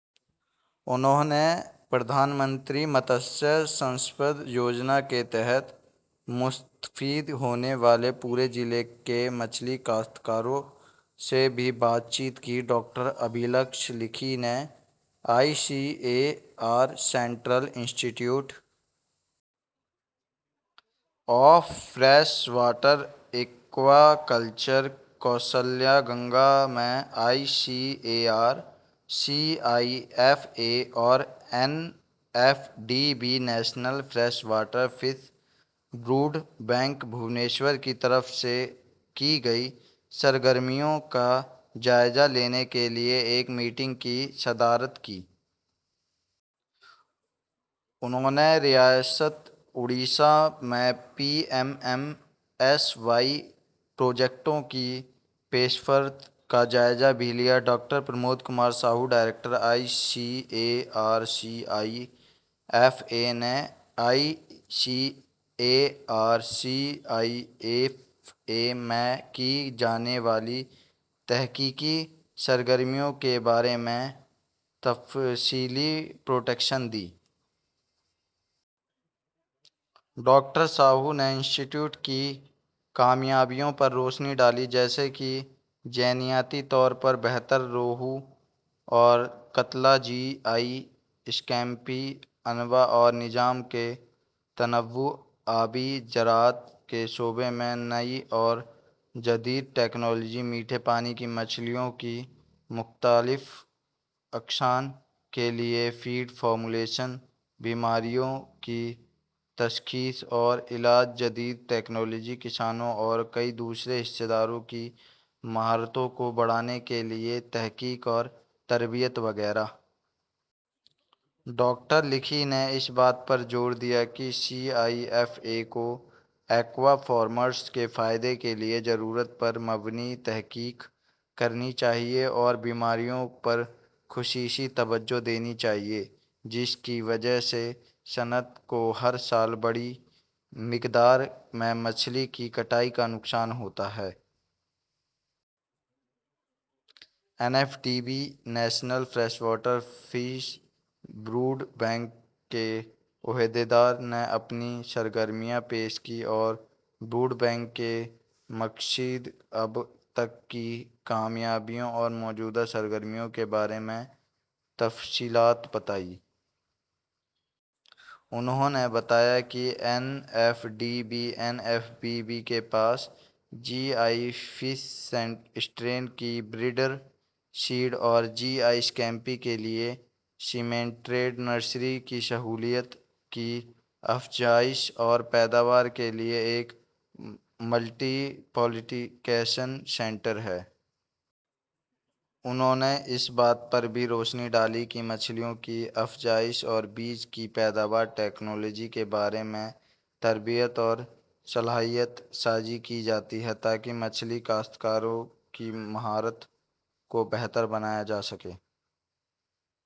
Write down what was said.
انہوں نے پردھان منتری متسیہ سمپد یوجنا کے تحت مستفید ہونے والے پوری ضلع کے مچھلی کاشتکاروں سے بھی بات چیت کی۔ ڈاکٹر ابھیلکش لکھی نے I C A R central institute of fresh water aquaculture Kausalya Ganga میں I C A R C I F A اور N F D B national fresh water fish brood bank Bhubaneswar کی طرف سے کی گئی سرگرمیوں کا جائزہ لینے کے لیے ایک میٹنگ کی صدارت کی۔ انہوں نے ریاست اوڈیشہ میں P M M S Y پروجیکٹوں کی پیشرفت کا جائزہ بھی لیا۔ Doctor Pramoda Kumar Sahoo director I C A R C I F A نے I C A R C I F A میں کی جانے والی تحقیقی سرگرمیوں کے بارے میں تفصیلی پریزنٹیشن دی۔ ڈاکٹر ساہو نے انسٹی ٹیوٹ کی کامیابیوں پر روشنی ڈالی جیسے کہ جینیاتی طور پر بہتر روہو اور قتلہ جی آئی اسکیمپی انواع اور نظام میں تنوع آبی زراعت کے شعبے میں نئی اور جدید ٹیکنالوجی میٹھے پانی کی مچھلیوں کی مختلف اقسام کے لیے فیڈ فارمولیشن بیماریوں کی تشخیص اور علاج جدید ٹیکنالوجی کسانوں اور کئی دوسرے حصص داروں کی مہارتوں کو بڑھانے کے لیے تحقیق اور تربیت وغیرہ۔ ڈاکٹر لکھی نے اس بات پر زور دیا کہ سی آئی ایف اے کو ایکوا فارمرز کے فائدے کے لیے ضرورت پر مبنی تحقیق کرنی چاہیے اور بیماریوں پر خصوصی توجہ دینی چاہیے جس کی وجہ سے صنعت کو ہر سال بڑی مقدار میں مچھلی کی کٹائی کا نقصان ہوتا ہے۔ N F D B national fresh water fish brood bank کے عہدیدار نے اپنی سرگرمیاں پیش کیں اور بروڈ بینک کے مقاصد اب تک کی کامیابیوں اور موجودہ سرگرمیوں کے بارے میں تفصیلات بتائیں۔ انہوں نے بتایا کہ N F D B N F F B B کے پاس جی آئی فش اسٹرین کے بریڈر سیڈ اور جی آئی اسکیمپی کے لیے سیمنٹڈ نرسری کی سہولیات کی افزائش اور پیداوار کے لیے ایک ملٹی پلیکیشن سینٹر ہے۔ انہوں نے اس بات پر بھی روشنی ڈالی کہ مچھلیوں کی افزائش اور بیج کی پیداوار ٹیکنالوجی کے بارے میں تربیت اور صلاحیت سازی کی جاتی ہے تاکہ مچھلی کاشتکاروں کی مہارت کو بہتر بنایا جا سکے۔